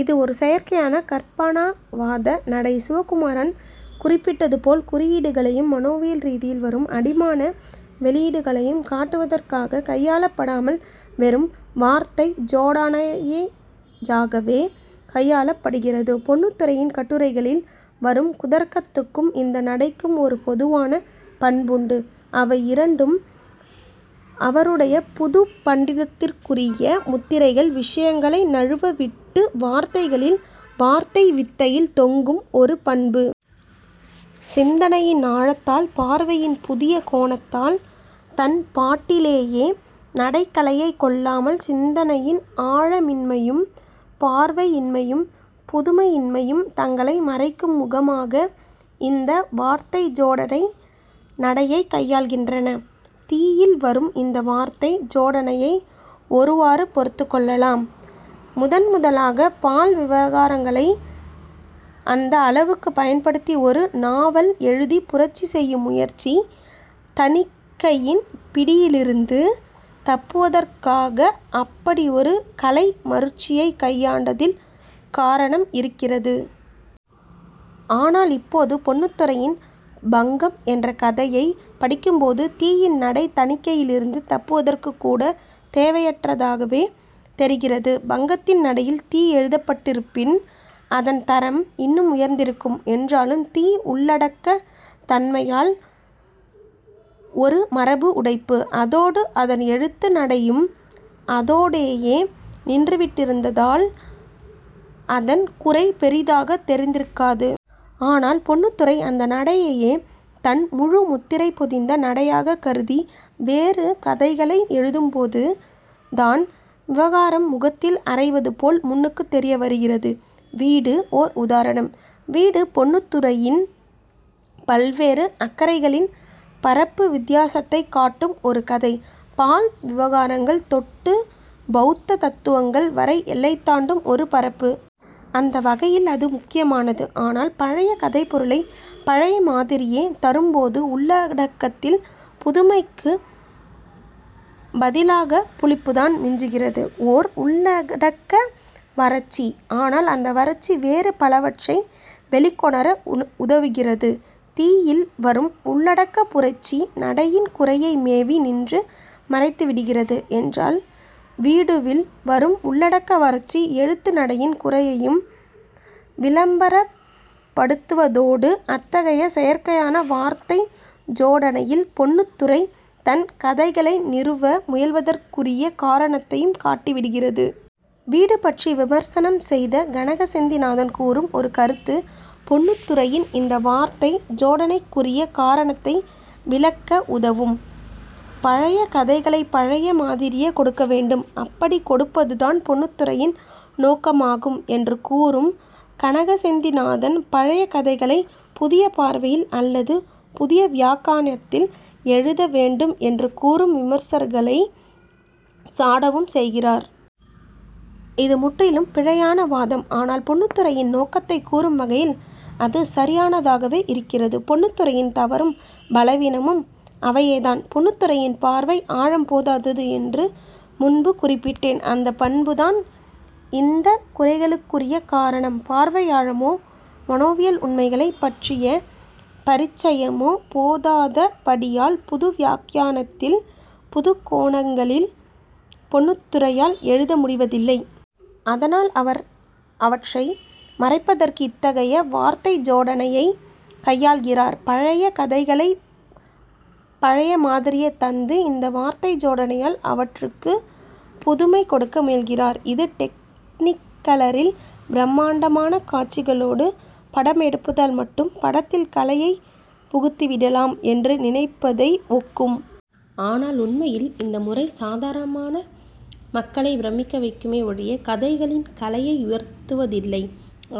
இது ஒரு செயற்கையான கற்பனாவாத நடை. சிவகுமாரன் குறிப்பிட்டது போல், குறியீடுகளையும் மனோவியல் ரீதியில் வரும் அடிமன வெளியீடுகளையும் காட்டுவதற்காகக் கையாளப்படாமல், வெறும் வார்த்தை ஜோடனையாகவே கையாளப்படுகிறது. பொன்னுத்துரையின் கட்டுரைகளில் வரும் குதர்க்கத்துக்கும் இந்த நடைக்கும் ஒரு பொதுவான பண்புண்டு. அவை இரண்டும் அவருடைய புதுப் பண்டிதத்திற்குரிய முத்திரைகள்; விஷயங்களை நழுவவிட்டு வார்த்தைகளில், வார்த்தை வித்தையில் தொங்கும் ஒரு பண்பு. சிந்தனையின் ஆழத்தால், பார்வையின் புதிய கோணத்தால், தன்பாட்டிலேயே நடை கலையைக் கொள்ளாமல்... சிந்தனையின் ஆழமின்மையும், பார்வையின்மையும், புதுமையின்மையும் தங்களை மறைக்கும் முகமாக இந்த வார்த்தை ஜோடனை நடையைக் கையாள்கின்றன. 'தீ'யில் வரும் இந்த வார்த்தை ஜோடனையை ஒருவாறு பொறுத்துக் கொள்ளலாம். முதன்முதலாகப் பால் விவகாரங்களை அந்த அளவுக்குப் பயன்படுத்தி ஒரு நாவல் எழுதிப் புரட்சி செய்யும் முயற்சி; தணிக்கையின் பிடியிலிருந்து தப்புவதற்காக அப்படி ஒரு கலை மருட்சியைக் கையாண்டதில் காரணம் இருக்கிறது. ஆனால், இப்போது பொன்னுத்துரையின் 'பங்கம்' என்ற கதையைப் படிக்கும்போது, 'தீ'யின் நடை தணிக்கையிலிருந்து தப்புவதற்குக் கூடத் தேவையற்றதாகவே தெரிகிறது. 'பங்கத்'தின் நடையில் 'தீ' எழுதப்பட்டிருப்பின், அதன் தரம் இன்னும் உயர்ந்திருக்கும். என்றாலும், 'தீ' உள்ளடக்கத் தன்மையால் ஒரு மரபு உடைப்பு. அதோடு அதன் எழுத்து நடையும் அதோடேயே நின்றுவிட்டிருந்தால், அதன் குறை பெரிதாகத் தெரிந்திருக்காது. ஆனால் பொன்னுத்துரை அந்த நடையையே தன் முழு முத்திரை பொதிந்த நடையாகக் கருதி வேறு கதைகளை எழுதும்போதுதான், விவகாரம் முகத்தில் அறைவது போல் முன்னுக்குத் தெரியவருகிறது. 'வீடு' ஓர் உதாரணம். 'வீடு' பொன்னுத்துரையின் பல்வேறு அக்கறைகளின் பரப்பு வித்தியாசத்தைக் காட்டும் ஒரு கதை. பால் விவகாரங்கள் தொட்டு பௌத்த தத்துவங்கள் வரை எல்லை தாண்டும் ஒரு பரப்பு. அந்த வகையில் அது முக்கியமானது. ஆனால் பழைய கதைப்பொருளைப் பழைய மாதிரியே தரும்போது, உள்ளடக்கத்தில் புதுமைக்குப் பதிலாகப் புளிப்புதான் மிஞ்சுகிறது; ஓர் உள்ளடக்க வறட்சி. ஆனால் அந்த வறட்சி வேறு பலவற்றை வெளிக்கொணர உதவுகிறது. 'தீ'யில் வரும் உள்ளடக்கப் புரட்சி நடையின் குறையை மேவி நின்று மறைத்துவிடுகிறது என்றால், 'வீடு'வில் வரும் உள்ளடக்க வறட்சி எழுத்து நடையின் குறையையும் விளம்பரப்படுத்துவதோடு, அத்தகைய செயற்கையான வார்த்தை ஜோடனையில் பொன்னுத்துரை தன் கதைகளை நிறுவ முயல்வதற்குரிய காரணத்தையும் காட்டிவிடுகிறது. 'வீடு' பற்றி விமர்சனம் செய்த கனக செந்திநாதன் கூறும் ஒரு கருத்து, பொன்னுத்துரையின் இந்த வார்த்தை ஜோடனைக்குரிய காரணத்தை விளக்க உதவும். "பழைய கதைகளைப் பழைய மாதிரியே கொடுக்க வேண்டும்; அப்படிக் கொடுப்பதுதான் பொன்னுத்துரையின் நோக்கமாகும்" என்று கூறும் கனக செந்திநாதன், பழைய கதைகளைப் புதிய பார்வையில் அல்லது புதிய வியாக்கியானத்தில் எழுத வேண்டும் என்று கூறும் விமர்சகர்களைச் சாடவும் செய்கிறார். இது முற்றிலும் பிழையான வாதம். ஆனால் பொன்னுத்துரையின் நோக்கத்தைக் கூறும் வகையில் அது சரியானதாகவே இருக்கிறது. பொன்னுத்துரையின் தவறும் பலவீனமும் அவையேதான். பொன்னுத்துரையின் பார்வை ஆழம் போதாது என்று முன்பு குறிப்பிட்டேன். அந்தப் பண்புதான் இந்தக் குறைகளுக்குரிய காரணம். பார்வை ஆழமோ மனோவியல் உண்மைகளைப் பற்றிய பரிச்சயமோ போதாதபடியால், புது வியாக்கியானத்தில், புதுக்கோணங்களில் பொன்னுத்துரையால் எழுத முடிவதில்லை. அதனால் அவர் அவற்றை மறைப்பதற்கு இத்தகைய வார்த்தை ஜோடனையைக் கையாள்கிறார். பழைய கதைகளைப் பழைய மாதிரியே தந்து, இந்த வார்த்தை ஜோடனையால் அவற்றுக்குப் புதுமை கொடுக்க முயல்கிறார். இது டெக்னிகலரில் பிரம்மாண்டமான காட்சிகளோடு படம் எடுப்பதால் மட்டும் படத்தில் கலையைப் புகுத்திவிடலாம் என்று நினைப்பதை ஒக்கும். ஆனால் உண்மையில் இந்த முறை சாதாரண மக்களைப் பிரமிக்க வைக்குமே ஒழிய, கதைகளின் கலையை உயர்த்துவதில்லை.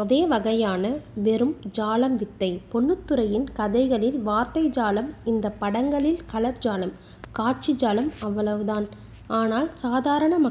அதே வகையான வெறும் ஜாலம்; வித்தை. பொன்னுத்துரையின் கதைகளில் வார்த்தை ஜாலம்; இந்தப் படங்களில் கலர் ஜாலம், காட்சி ஜாலம் — அவ்வளவுதான். ஆனால் சாதாரண மக்களை